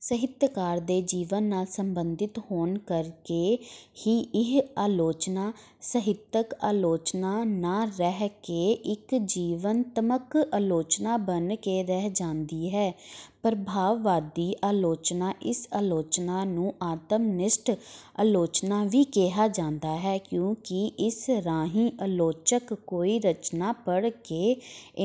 ਸਾਹਿਤਕਾਰ ਦੇ ਜੀਵਨ ਨਾਲ ਸੰਬੰਧਿਤ ਹੋਣ ਕਰਕੇ ਹੀ ਇਹ ਆਲੋਚਨਾ, ਸਾਹਿਤਕ ਆਲੋਚਨਾ ਨਾ ਰਹਿ ਕੇ ਇੱਕ ਜੀਵਨਤਮਕ ਆਲੋਚਨਾ ਬਣ ਕੇ ਰਹਿ ਜਾਂਦੀ ਹੈ। ਪ੍ਰਭਾਵਵਾਦੀ ਆਲੋਚਨਾ: ਇਸ ਆਲੋਚਨਾ ਨੂੰ ਆਤਮਨਿਸ਼ਠ ਆਲੋਚਨਾ ਵੀ ਕਿਹਾ ਜਾਂਦਾ ਹੈ, ਕਿਉਂਕਿ ਇਸ ਰਾਹੀਂ ਆਲੋਚਕ ਕੋਈ ਰਚਨਾ ਪੜ੍ਹ ਕੇ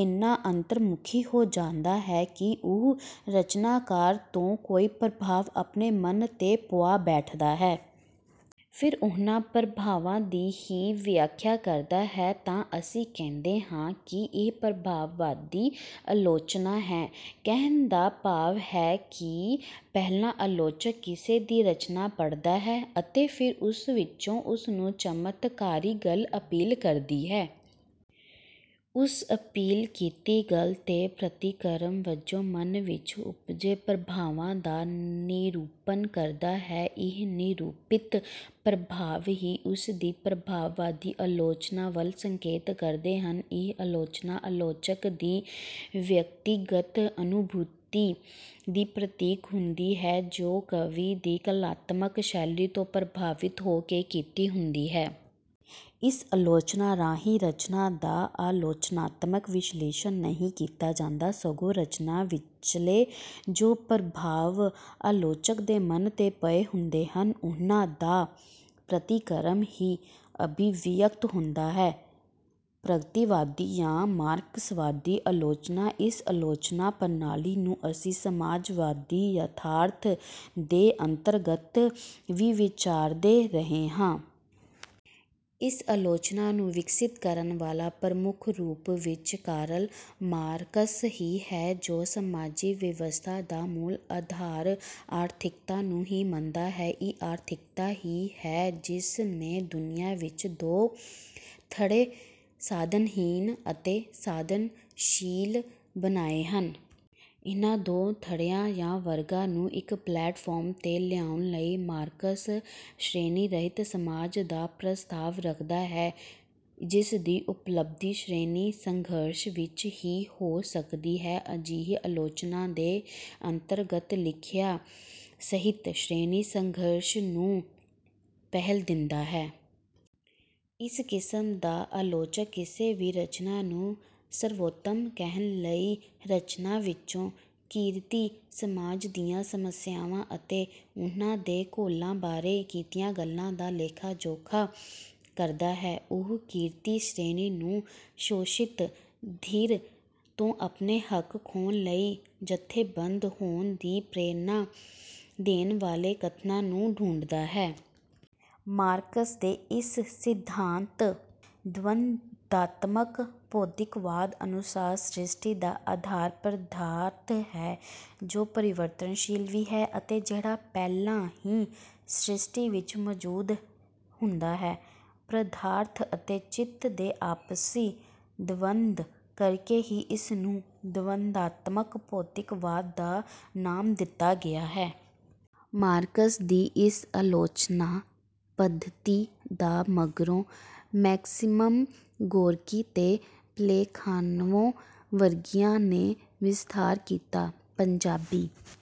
ਇੰਨਾ ਅੰਤਰਮੁਖੀ ਹੋ ਜਾਂਦਾ ਹੈ ਕਿ ਉਹ ਰਚਨਾਕਾਰ ਤੋਂ ਕੋਈ ਪ੍ਰਭਾਵ ਆਪਣੇ ਮਨ 'ਤੇ ਪੁਆ ਬੈਠਦਾ ਹੈ। ਫਿਰ ਉਹਨਾਂ ਪ੍ਰਭਾਵਾਂ ਦੀ ਹੀ ਵਿਆਖਿਆ ਕਰਦਾ ਹੈ, ਤਾਂ ਅਸੀਂ ਕਹਿੰਦੇ ਹਾਂ ਕਿ ਇਹ ਪ੍ਰਭਾਵਵਾਦੀ ਆਲੋਚਨਾ ਹੈ। ਕਹਿਣ ਦਾ ਭਾਵ ਹੈ ਕਿ ਪਹਿਲਾਂ ਆਲੋਚਕ ਕਿਸੇ ਦੀ ਰਚਨਾ ਪੜ੍ਹਦਾ ਹੈ ਅਤੇ ਫਿਰ ਉਸ ਵਿੱਚੋਂ ਉਸਨੂੰ ਚਮਤਕਾਰੀ ਗੱਲ ਅਪੀਲ ਕਰਦੀ ਹੈ। ਉਸ ਅਪੀਲ ਕੀਤੀ ਗੱਲ 'ਤੇ ਪ੍ਰਤੀਕਰਮ ਵਜੋਂ ਮਨ ਵਿੱਚ ਉਪਜੇ ਪ੍ਰਭਾਵਾਂ ਦਾ ਨਿਰੂਪਣ ਕਰਦਾ ਹੈ। ਇਹ ਨਿਰੂਪਿਤ ਪ੍ਰਭਾਵ ਹੀ ਉਸਦੀ ਪ੍ਰਭਾਵਵਾਦੀ ਆਲੋਚਨਾ ਵੱਲ ਸੰਕੇਤ ਕਰਦੇ ਹਨ। ਇਹ ਆਲੋਚਨਾ ਆਲੋਚਕ ਦੀ ਵਿਅਕਤੀਗਤ ਅਨੁਭੂਤੀ ਦੀ ਪ੍ਰਤੀਕ ਹੁੰਦੀ ਹੈ, ਜੋ ਕਵੀ ਦੀ ਕਲਾਤਮਕ ਸ਼ੈਲੀ ਤੋਂ ਪ੍ਰਭਾਵਿਤ ਹੋ ਕੇ ਕੀਤੀ ਹੁੰਦੀ ਹੈ। ਇਸ ਆਲੋਚਨਾ ਰਾਹੀਂ ਰਚਨਾ ਦਾ ਆਲੋਚਨਾਤਮਕ ਵਿਸ਼ਲੇਸ਼ਣ ਨਹੀਂ ਕੀਤਾ ਜਾਂਦਾ, ਸਗੋਂ ਰਚਨਾ ਵਿਚਲੇ ਜੋ ਪ੍ਰਭਾਵ ਆਲੋਚਕ ਦੇ ਮਨ 'ਤੇ ਪਏ ਹੁੰਦੇ ਹਨ, ਉਹਨਾਂ ਦਾ ਪ੍ਰਤੀਕਰਮ ਹੀ ਅਭਿਵਿਅਕਤ ਹੁੰਦਾ ਹੈ। ਪ੍ਰਗਤੀਵਾਦੀ ਜਾਂ ਮਾਰਕਸਵਾਦੀ ਆਲੋਚਨਾ: ਇਸ ਆਲੋਚਨਾ ਪ੍ਰਣਾਲੀ ਨੂੰ ਅਸੀਂ ਸਮਾਜਵਾਦੀ ਯਥਾਰਥ ਦੇ ਅੰਤਰਗਤ ਵੀ ਵਿਚਾਰਦੇ ਰਹੇ ਹਾਂ। ਇਸ ਆਲੋਚਨਾ ਨੂੰ ਵਿਕਸਿਤ ਕਰਨ ਵਾਲਾ ਪ੍ਰਮੁੱਖ ਰੂਪ ਵਿੱਚ ਕਾਰਲ ਮਾਰਕਸ ਹੀ ਹੈ, ਜੋ ਸਮਾਜੀ ਵਿਵਸਥਾ ਦਾ ਮੂਲ ਆਧਾਰ ਆਰਥਿਕਤਾ ਨੂੰ ਹੀ ਮੰਨਦਾ ਹੈ। ਇਹ ਆਰਥਿਕਤਾ ਹੀ ਹੈ ਜਿਸ ਨੇ ਦੁਨੀਆ ਵਿੱਚ ਦੋ ਧੜੇ ਸਾਧਨਹੀਣ ਅਤੇ ਸਾਧਨਸ਼ੀਲ ਬਣਾਏ ਹਨ। ਇਨ੍ਹਾਂ ਦੋ ਧੜਿਆਂ ਜਾਂ ਵਰਗਾਂ ਨੂੰ ਇੱਕ ਪਲੇਟਫਾਰਮ 'ਤੇ ਲਿਆਉਣ ਲਈ ਮਾਰਕਸ "ਸ਼੍ਰੇਣੀਰਹਿਤ ਸਮਾਜ" ਦਾ ਪ੍ਰਸਤਾਵ ਰੱਖਦਾ ਹੈ, ਜਿਸਦੀ ਉਪਲਬਧੀ ਸ਼੍ਰੇਣੀ-ਸੰਘਰਸ਼ ਵਿੱਚ ਹੀ ਹੋ ਸਕਦੀ ਹੈ। ਅਜਿਹੀ ਆਲੋਚਨਾ ਦੇ ਅੰਤਰਗਤ ਲਿਖਿਆ ਸਾਹਿਤ ਸ਼੍ਰੇਣੀ-ਸੰਘਰਸ਼ ਨੂੰ ਪਹਿਲ ਦਿੰਦਾ ਹੈ। ਇਸ ਕਿਸਮ ਦਾ ਆਲੋਚਕ ਕਿਸੇ ਵੀ ਰਚਨਾ ਨੂੰ ਸਰਵੋਤਮ ਕਹਿਣ ਲਈ ਰਚਨਾ ਵਿੱਚੋਂ ਕਿਰਤੀ ਜਮਾਤ ਦੀਆਂ ਸਮੱਸਿਆਵਾਂ ਅਤੇ ਉਹਨਾਂ ਦੇ ਘੋਲਾਂ ਬਾਰੇ ਕੀਤੀਆਂ ਗੱਲਾਂ ਦਾ ਲੇਖਾ-ਜੋਖਾ ਕਰਦਾ ਹੈ। ਉਹ ਕਿਰਤੀ ਸ਼੍ਰੇਣੀ ਨੂੰ ਸ਼ੋਸ਼ਿਤ ਧਿਰ ਤੋਂ ਆਪਣੇ ਹੱਕ ਖੋਹਣ ਲਈ ਜਥੇਬੰਦ ਹੋਣ ਦੀ ਪ੍ਰੇਰਣਾ ਦੇਣ ਵਾਲੇ ਕਥਨਾਂ ਨੂੰ ਢੂੰਡਦਾ ਹੈ। ਮਾਰਕਸ ਦੇ ਇਸ ਸਿਧਾਂਤ "ਦਵੰਦਾਤਮਕ ਭੌਤਿਕਵਾਦ" ਅਨੁਸਾਰ ਸ੍ਰਿਸ਼ਟੀ ਦਾ ਆਧਾਰ ਪਦਾਰਥ ਹੈ, ਜੋ ਪਰਿਵਰਤਨਸ਼ੀਲ ਵੀ ਹੈ ਅਤੇ ਜਿਹੜਾ ਪਹਿਲਾਂ ਹੀ ਸ੍ਰਿਸ਼ਟੀ ਵਿੱਚ ਮੌਜੂਦ ਹੁੰਦਾ ਹੈ। ਪਦਾਰਥ ਅਤੇ ਚਿੱਤ ਦੇ ਆਪਸੀ ਦਵੰਦ ਕਰਕੇ ਹੀ ਇਸ ਨੂੰ ਦਵੰਦਾਤਮਕ ਭੌਤਿਕਵਾਦ ਦਾ ਨਾਮ ਦਿੱਤਾ ਗਿਆ ਹੈ। ਮਾਰਕਸ ਦੀ ਇਸ ਆਲੋਚਨਾ ਪੱਧਤੀ ਦਾ ਮਗਰੋਂ ਮੈਕਸਿਮ ਗੋਰਕੀ ਤੇ ਪਲੈਖਾਨੋਵ ਵਰਗਿਆਂ ਨੇ ਵਿਸਥਾਰ ਕੀਤਾ। ਪੰਜਾਬੀ